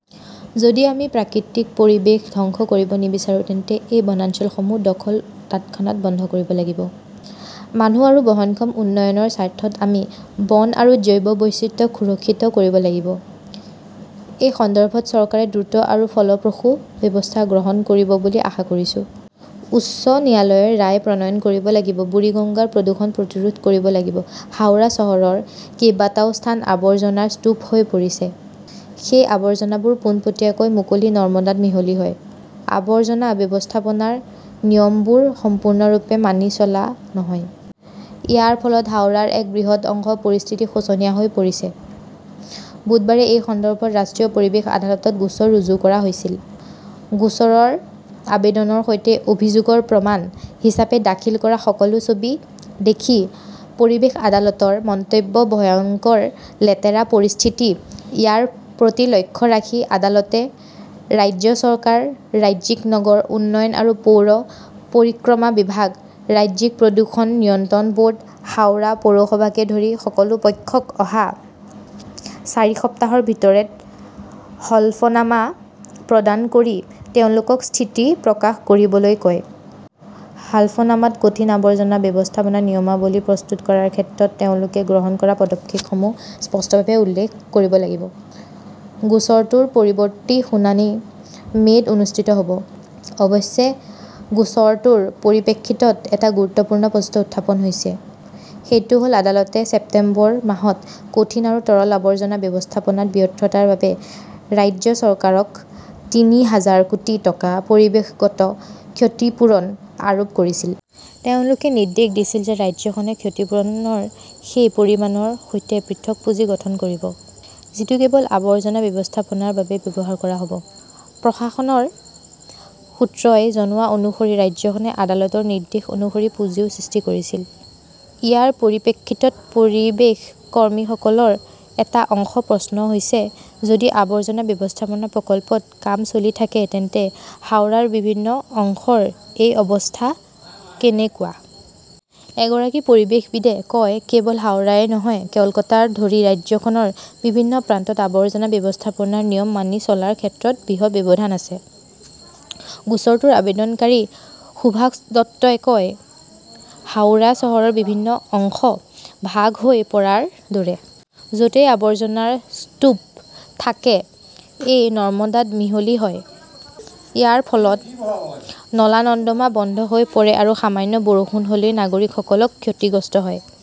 যদি আমি প্ৰাকৃতিক পৰিৱেশ ধ্বংস কৰিব নিবিচাৰো, তেন্তে এই বনাঞ্চলসমূহ দখল তৎক্ষণাত বন্ধ কৰিব লাগিব। মানুহ আৰু বহনক্ষম উন্নয়নৰ স্বাৰ্থত আমি বন আৰু জৈৱ বৈচিত্ৰ্য সুৰক্ষিত কৰিব লাগিব। এই সন্দৰ্ভত চৰকাৰে দ্ৰুত আৰু ফলপ্ৰসূ ব্যৱস্থা গ্ৰহণ কৰিব বুলি আশা কৰিছোঁ। উচ্চ ন্যায়ালয়ৰ ৰায় প্ৰণয়ন কৰিব লাগিব বুৰিগঙ্গাৰ প্ৰদূষণ প্ৰতিৰোধ কৰিব লাগিব হাওৰা চহৰৰ কেইবাটাও স্থান আবৰ্জনাৰ স্তূপ হৈ পৰিছে। সেই আৱৰ্জনাবোৰ পোনপটীয়াকৈ মুকলি নৰ্দমাত মিহলি হয়। আৱৰ্জনা ব্যৱস্থাপনাৰ নিয়মবোৰ সম্পূৰ্ণৰূপে মানি চলা নহয়। ইয়াৰ ফলত হাওৰাৰ এক বৃহৎ অংশৰ পৰিস্থিতি শোচনীয় হৈ পৰিছে। বুধবাৰে এই সন্দৰ্ভত ৰাষ্ট্ৰীয় পৰিৱেশ আদালতত গোচৰ ৰুজু কৰা হৈছিল। গোচৰৰ আবেদনৰ সৈতে অভিযোগৰ প্ৰমাণ হিচাপে দাখিল কৰা সকলো ছবি দেখি পৰিৱেশ আদালতৰ মন্তব্যত ভয়ংকৰ, লেতেৰা পৰিস্থিতি, ইয়াৰ প্ৰতি লক্ষ্য ৰাখি আদালতে ৰাজ্য চৰকাৰ, ৰাজ্যিক নগৰ উন্নয়ন আৰু পৌৰ পৰিক্ৰমা বিভাগ, ৰাজ্যিক প্ৰদূষণ নিয়ন্ত্ৰণ ব'ৰ্ড, হাওৰা পৌৰসভাকে ধৰি সকলো পক্ষক অহা চাৰি সপ্তাহৰ ভিতৰত হলফনামা প্ৰদান কৰি তেওঁলোকক স্থিতি প্ৰকাশ কৰিবলৈ কয়। হলফনামাত কঠিন আৱৰ্জনা ব্যৱস্থাপনা নিয়মাৱলী প্ৰস্তুত কৰাৰ ক্ষেত্ৰত তেওঁলোকে গ্ৰহণ কৰা পদক্ষেপসমূহ স্পষ্টভাৱে উল্লেখ কৰিব লাগিব। গোচৰটোৰ পৰৱৰ্তী শুনানি মে 'ত অনুষ্ঠিত হ'ব। অৱশ্যে, গোচৰটোৰ পৰিপ্ৰেক্ষিতত এটা গুৰুত্বপূৰ্ণ প্ৰশ্ন উত্থাপন হৈছে। সেইটো হ 'ল, আদালতে ছেপ্টেম্বৰ মাহত কঠিন আৰু তৰল আৱৰ্জনা ব্যৱস্থাপনাত ব্যৰ্থতাৰ বাবে ৰাজ্য চৰকাৰক তিনি হাজাৰ কোটি টকাৰ পৰিৱেশগত ক্ষতিপূৰণ আৰোপ কৰিছিল। তেওঁলোকে নিৰ্দেশ দিছিল যে ৰাজ্যখনে ক্ষতিপূৰণৰ সেই পৰিমাণৰ সৈতে পৃথক পুঁজি গঠন কৰিব। যিটো কেৱল আৱৰ্জনা ব্যৱস্থাপনাৰ বাবে ব্যৱহাৰ কৰা হ'ব। প্ৰশাসনৰ সূত্ৰই জনোৱা অনুসৰি ৰাজ্যখনে আদালতৰ নিৰ্দেশ অনুসৰি পুঁজিও সৃষ্টি কৰিছিল। ইয়াৰ পৰিপ্ৰেক্ষিতত, পৰিৱেশ কৰ্মীসকলৰ এটা অংশৰ প্ৰশ্ন হৈছে, যদি আৱৰ্জনা ব্যৱস্থাপনা প্ৰকল্পত কাম চলি থাকে, তেন্তে হাওৰাৰ বিভিন্ন অংশৰ এই অৱস্থা কেনেকুৱা? এগৰাকী পৰিৱেশবিদে কয়, "কেৱল হাওৰাই নহয়, কলকাতাকে ধৰি ৰাজ্যখনৰ বিভিন্ন প্ৰান্তত আৱৰ্জনা ব্যৱস্থাপনাৰ নিয়ম মানি চলাৰ ক্ষেত্ৰতো বৃহৎ ব্যৱধান আছে।" গোচৰটোৰ আবেদনকাৰী সুভাষ দত্তই কয়, "হাওৰা চহৰৰ বিভিন্ন অংশ ভাগ হৈ পৰাৰ দৰে। য 'তেই আবৰ্জনাৰ স্তূপ থাকে, ই নৰ্মদাত মিহলি হয়। ইয়াৰ ফলত নলা-নৰ্দমা বন্ধ হৈ পৰে আৰু সামান্য বৰষুণ হ'লেই নাগৰিকসকলক ক্ষতিগ্ৰস্ত হয়।"